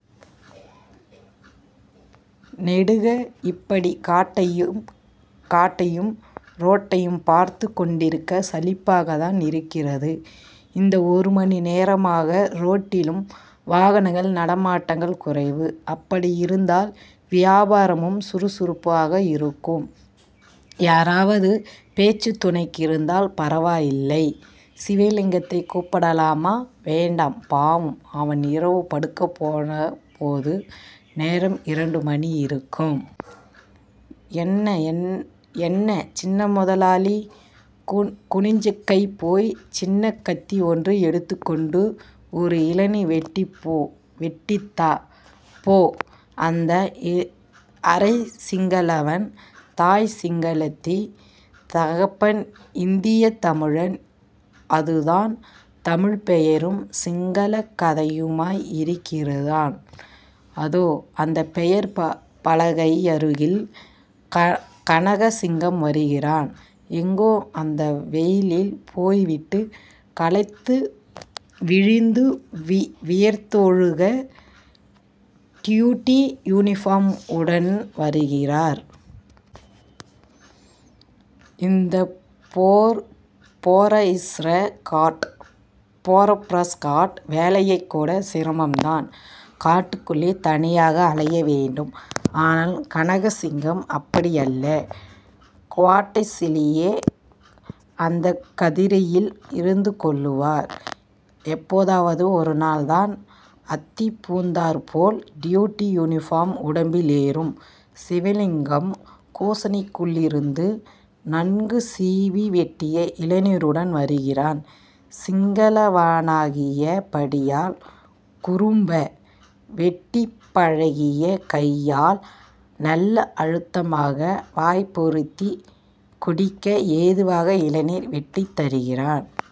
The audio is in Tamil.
நெடுக, இப்படிக் காட்டையும் றோட்டையும் பார்த்துக் கொண்டிருக்கச் சலிப்பாகத்தான் இருக்கிறது. இந்த ஒருமணி நேரமாக றோட்டிலும் வாகன நடமாட்டங் குறைவு. அப்படியிருந்தால் வியாபாரமாவது சுறுசுறுப்பாக இருக்கும். யாராவது பேச்சுத்துணைக்கிருந்தால் பரவாயில்லை, சிவலிங்கத்தை கூப்பிடலாமா? வேண்டாம். பாவம்! அவன் இரவு படுக்கப் போனபோது நேரம் இரண்டு மணியிருக்கும். "எண்ண, சிண்ண மொதலாளி" "குசினிக்கைபோய் சின்னக்கத்தி ஒண்டு எடுத்துக்கொண்டந்து ஒரு இளனி வெட்டித்தா... போ" இவன் அரைச் சிங்களவன். தாய் சிங்களத்தி, தகப்பன் இந்தியத்தமிழன். அதுதான் தமிழ்ப் பெயரும் சிங்களக் கதையுமாக இருக்கிறான். அதோ, அந்தப்பெயர்ப்பலகையருகில் கனகசிங்கம் வருகிறார். எங்கோ, இந்த வெயிலில் போய்விட்டு களைத்துவிழுந்து, வியர்த்தொழுக 'டியூட்டி யூனிபோம்' உடன் வருகிறார். இந்த 'போறஸ்ற் காட்' வேலைகூடச் சிரமந்தான். காட்டுக்குள்ளே தனியாக அலையவேண்டும். ஆனால் கனகசிங்கம் அப்படியல்ல. குவாட்டஸிலேயே அந்தக் கதிரையில் இருந்துகொள்ளுவார். எப்போதாவது ஒருநாள் தான் அத்திப்பூத்தாற்போல் டியூட்டி யூனிபோம் உடம்பில் ஏறும். சிவலிங்கம் குசினிக்குள்ளிருந்து நன்குசீவிவெட்டிய இளநீருடன் வருகிறான். சிங்களவனாகியபடியால் 'குறும்ப' வெட்டிப் பழகிய கையால் நல்ல அழுத்தமாக வாய்பொருத்திக் குடிக்க ஏதுவாக இளநீர் வெட்டித் தருகிறான்.